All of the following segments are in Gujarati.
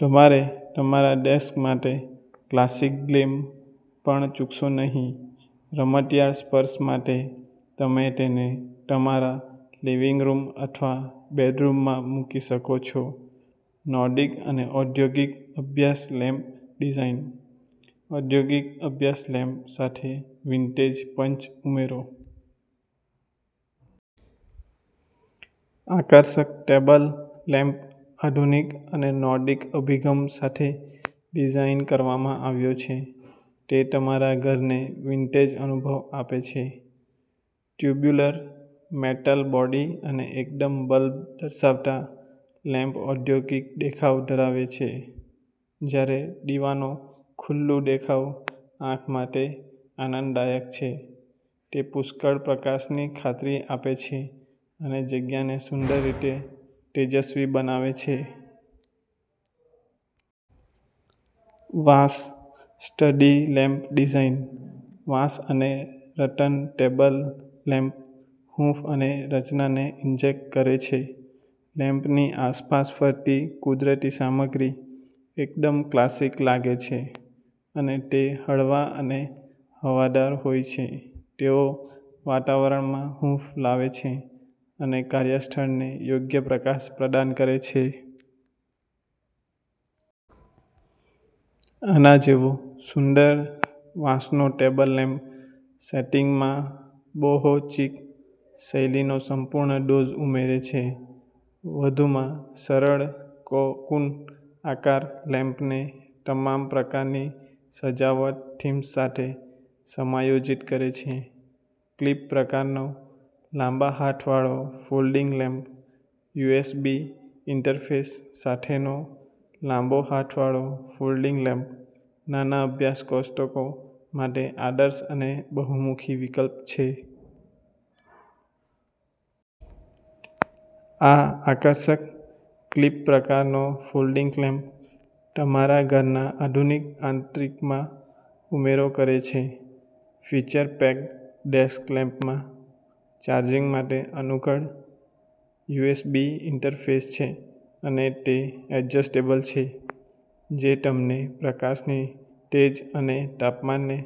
તમારે તમારા ડેસ્ક માટે ક્લાસિક ગ્લેમ પણ ચૂકશો નહીં. રમતિયાળ સ્પર્શ માટે તમે તેને તમારા લિવિંગ રૂમ અથવા બેડરૂમમાં મૂકી શકો છો. નોર્ડિક અને ઔદ્યોગિક અભ્યાસ લેમ્પ ડિઝાઇન. ઔદ્યોગિક અભ્યાસ લેમ્પ સાથે વિન્ટેજ પંચ ઉમેરો. આકર્ષક ટેબલ લેમ્પ આધુનિક અને નોર્ડિક અભિગમ સાથે ડિઝાઇન કરવામાં આવ્યો છે, જે તમારા ઘરને વિન્ટેજ અનુભવ આપે છે. ટ્યુબ્યુલર મેટલ બોડી અને એકદમ બલ્બ દર્શાવતા, લેમ્પ ઔદ્યોગિક દેખાવ ધરાવે છે. જ્યારે દીવાનો ખુલ્લું દેખાવ આંખ માટે આનંદદાયક છે, તે પુષ્કળ પ્રકાશની ખાતરી આપે છે અને જગ્યાને સુંદર રીતે તેજસ્વી બનાવે છે. વાંસ સ્ટડી લેમ્પ ડિઝાઇન. વાંસ અને રતન ટેબલ લેમ્પ હૂંફ અને રચનાને ઇન્જેક્ટ કરે છે. લેમ્પની આસપાસ ફરતી કુદરતી સામગ્રી એકદમ ક્લાસિક લાગે છે અને તે હળવા અને હવાદાર હોય છે. તેઓ વાતાવરણમાં હૂંફ લાવે છે અને કાર્યસ્થળને યોગ્ય પ્રકાશ પ્રદાન કરે છે. આના જેવો સુંદર વાંસનો ટેબલ લેમ્પ સેટિંગમાં બોહો-ચીક શૈલીનો સંપૂર્ણ ડોઝ ઉમેરે છે. વધુમાં, સરળ કોકૂન આકાર લેમ્પને તમામ પ્રકારની સજાવટ થીમ્સ સાથે સમાયોજિત કરે છે. ક્લિપ-પ્રકારનો લાંબા હાથવાળો ફોલ્ડિંગ લેમ્પ, યુએસબી ઇન્ટરફેસ સાથેનો લાંબો હાથવાળો ફોલ્ડિંગ લેમ્પ, નાના અભ્યાસ કોષ્ટકો માટે આદર્શ અને બહુમુખી વિકલ્પ છે. આ આકર્ષક, ક્લિપ-પ્રકારનો ફોલ્ડિંગ લેમ્પ તમારા ઘરના આધુનિક આંતરિકમાં ઉમેરો કરે છે. ફીચર-પેક્ડ ડેસ્ક લેમ્પમાં ચાર્જિંગ માટે અનુકૂળ યુએસબી ઇન્ટરફેસ છે અને તે એડજસ્ટેબલ છે, જે તમને પ્રકાશની તેજ અને તાપમાનને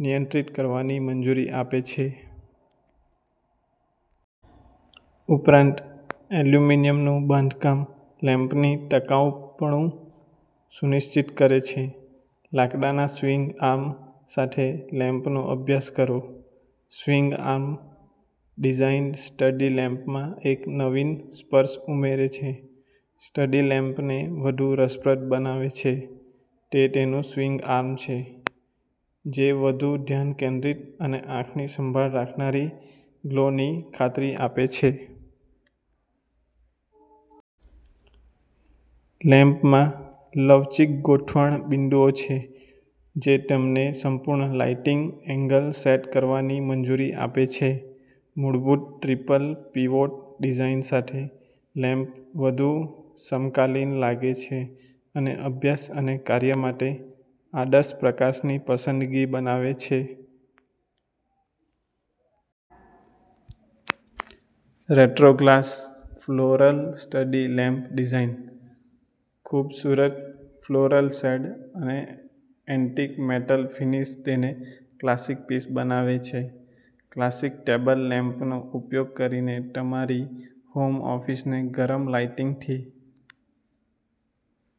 નિયંત્રિત કરવાની મંજૂરી આપે છે. ઉપરાંત, એલ્યુમિનિયમનું બાંધકામ લેમ્પની ટકાઉપણું સુનિશ્ચિત કરે છે. લાકડાના સ્વિંગ આર્મ સાથે લેમ્પનો અભ્યાસ કરો. સ્વિંગ આર્મ ડિઝાઇન સ્ટડી લેમ્પમાં એક નવીન સ્પર્શ ઉમેરે છે. સ્ટડી લેમ્પને વધુ રસપ્રદ બનાવે છે તે તેનું સ્વિંગ આર્મ છે, જે વધુ ધ્યાન કેન્દ્રિત અને આંખની સંભાળ રાખનારી ગ્લોની ખાતરી આપે છે. લેમ્પમાં લવચીક ગોઠવણ બિંદુઓ છે જે તમને સંપૂર્ણ લાઇટિંગ એંગલ સેટ કરવાની મંજૂરી આપે છે. મૂળભૂત ટ્રિપલ પીવોટ ડિઝાઇન સાથે, લેમ્પ વધુ સમકાલીન લાગે છે અને અભ્યાસ અને કાર્ય માટે આદર્શ પ્રકાશની પસંદગી બનાવે છે. Retro glass floral study lamp design. ખૂબસૂરત ફ્લોરલ શેડ અને એન્ટિક મેટલ ફિનિશ તેને ક્લાસિક પીસ બનાવે છે. ક્લાસિક ટેબલ લેમ્પનો ઉપયોગ કરીને તમારી હોમ ઑફિસને ગરમ લાઇટિંગથી